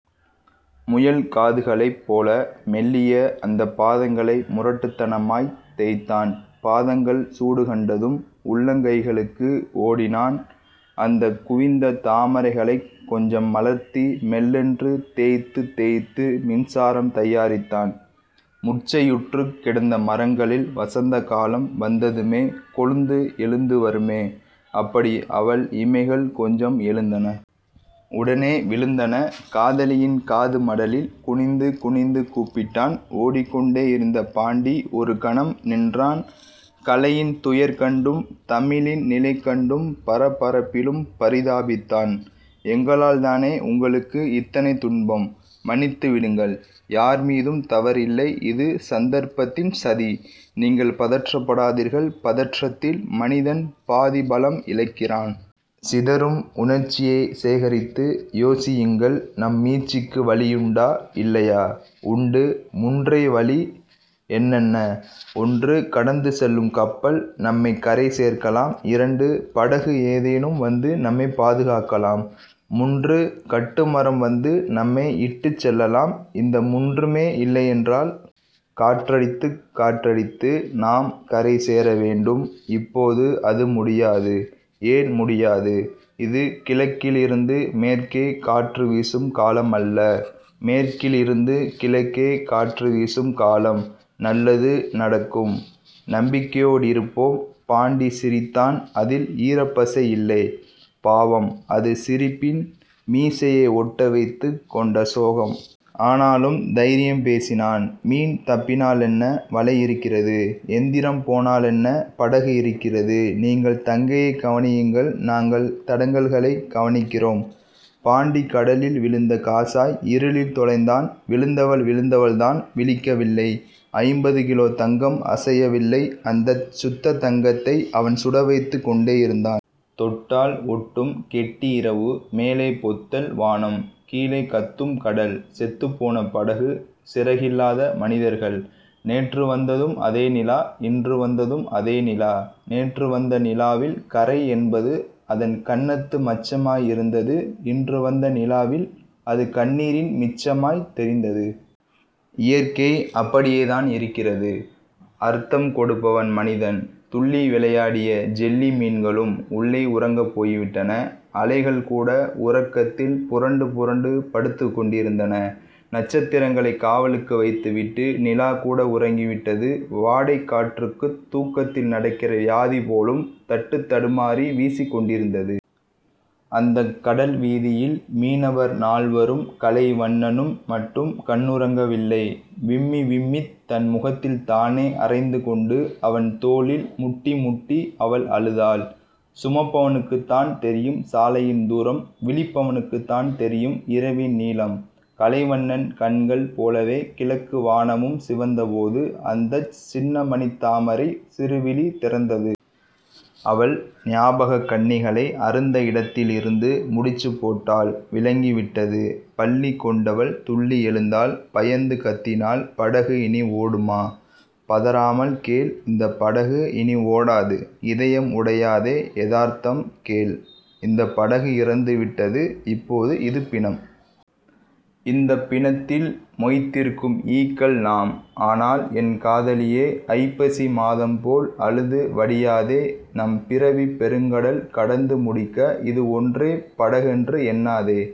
முயல்காதுகளைப் போல மெல்லிய அந்தப் பாதங்களை முரட்டுத்தனமாய்த் தேய்த்தான். பாதங்கள் சூடுகண்டதும் உள்ளங்கைகளுக்கு ஓடினான். அந்தக் குவிந்த தாமரைகளைக் கொஞ்சம் மலர்த்தி மெல்லென்று தேய்த்துத் தேய்த்து மின்சாரம் தயாரித்தான். முர்ச்சையுற்றுக் கிடந்த மரங்களில் வசந்தகாலம் வந்ததுமே கொழுந்து எழுந்துவருமே அப்படி அவள் இமைகள் கொஞ்சம் எழுந்தன. உடனே விழுந்தன. காதலியின் காதுமடலில் குனிந்து குனிந்து கூப்பிட்டான். ஓடிக்கொண்டேயிருந்த பாண்டி ஒருகணம் நின்றான். கலையின் துயர் கண்டும் தமிழின் நிலைகண்டும் பரபரப்பிலும் பரிதாபித்தான். எங்களால்தானே உங்களுக்கு இத்தனை துன்பம்? மன்னித்து விடுங்கள். யார் மீதும் தவறில்லை. இது சந்தர்ப்பத்தின் சதி. நீங்கள் பதற்றப்படாதீர்கள். பதற்றத்தில் மனிதன் பாதிபலம் இழக்கிறான். சிதறும் உணர்ச்சியைச் சேகரித்து யோசியுங்கள். நம் மீட்சிக்கு வழியுண்டா இல்லையா? உண்டு. முன்றே வழி... என்னென்ன? ஒன்று. கடந்து செல்லும் கப்பல் நம்மைக் கரை சேர்க்கலாம். இரண்டு. படகு ஏதேனும் வந்து நம்மைப் பாதுகாக்கலாம். முன்று. கட்டுமரம் வந்து நம்மை இட்டுச் செல்லலாம். இந்த முன்றுமே இல்லையென்றால்..? காற்றடித்துக் காற்றடித்து நாம் கரைசேர வேண்டும். இப்போது அது முடியாது. ஏன் முடியாது? இது கிழக்கிலிருந்து மேற்கே காற்றுவீசும் காலமல்ல. மேற்கிலிருந்து கிழக்கே காற்றுவீசும் காலம். நல்லது நடக்கும். நம்பிக்கையோடிருப்போம். பாண்டி சிரித்தான். அதில் ஈரப்பசை இல்லை. பாவம். அது சிரிப்பின் மீசையை ஒட்டவைத்துக் கொண்ட சோகம். ஆனாலும் தைரியம் பேசினான். மீன் தப்பினாலென்ன? வலை இருக்கிறது. எந்திரம் போனாலென்ன? படகு இருக்கிறது. நீங்கள் தங்கையைக் கவனியுங்கள். நாங்கள் தடங்கல்களைக் கவனிக்கிறோம். பாண்டி கடலில் விழுந்த காசாய் இருளில் தொலைந்தான். விழுந்தவள் விழுந்தவள்தான். விழிக்கவில்லை. ஐம்பது கிலோ தங்கம் அசையவில்லை. அந்தச் சுத்தத் தங்கத்தை அவன் சுடவைத்துக் கொண்டேயிருந்தான். தொட்டால் ஒட்டும் கெட்டி இரவு. மேலே பொத்தல் வானம். கீழே கத்தும் கடல். செத்துப் போன படகு. சிறகில்லாத மனிதர்கள். நேற்று வந்ததும் அதே நிலா. இன்று வந்ததும் அதே நிலா. நேற்று வந்த நிலாவில் கறை என்பது அதன் கன்னத்து மச்சமாய் இருந்தது. இன்று வந்த நிலாவில் அது கண்ணீரின் மிச்சமாய்த் தெரிந்தது. இயற்கை அப்படியேதான் இருக்கிறது. அர்த்தம் கொடுப்பவன் மனிதன். துள்ளி விளையாடிய ஜெல்லி மீன்களும் உள்ளே உறங்கப் போய்விட்டன. அலைகள்கூட உறக்கத்தில் புரண்டு புரண்டு படுத்துக் கொண்டிருந்தன. நட்சத்திரங்களைக் காவலுக்கு வைத்துவிட்டு நிலாகூட உறங்கிவிட்டது. வாடைக் காற்றுக்குத் தூக்கத்தில் நடக்கிற வியாதி போலும். தட்டுத் தடுமாறி வீசிக்கொண்டிருந்தது. அந்தக் கடல்வீதியில் மீனவர் நால்வரும் கலைவண்ணனும் மட்டும் கண்ணுறங்கவில்லை. விம்மிவிம்மித் தன் முகத்தில் தானே அறைந்துகொண்டு, அவன் தோளில் முட்டிமுட்டி அவள் அழுதாள். சுமப்பவனுக்குத்தான் தெரியும் சாலையின் தூரம். விழிப்பவனுக்குத்தான் தெரியும் இரவின் நீளம். கலைவண்ணன் கண்கள் போலவே கிழக்கு வானமும் சிவந்தபோது அந்தச் சின்னமணித்தாமரை சிறுவிழி திறந்தது. அவள் ஞாபகக் கண்ணிகளை அறுந்த இடத்திலிருந்து முடிச்சுப் போட்டாள். விளங்கிவிட்டது. பள்ளி கொண்டவள் துள்ளி எழுந்தாள். பயந்து கத்தினாள். படகு இனி ஓடுமா? பதறாமல் கேள். இந்தப் படகு இனி ஓடாது. இதயம் உடையாதே. எதார்த்தம் கேள். இந்தப் படகு இறந்துவிட்டது. இப்போது இது பிணம். இந்தப் பிணத்தில் மொய்த்திருக்கும் ஈக்கள் நாம். ஆனால், என் காதலியே. ஐப்பசி மாதம்போல் அழுது வடியாதே. நம் பிறவிப் பெருங்கடல் கடந்து முடிக்க இதுவொன்றே படகென்று எண்ணாதே.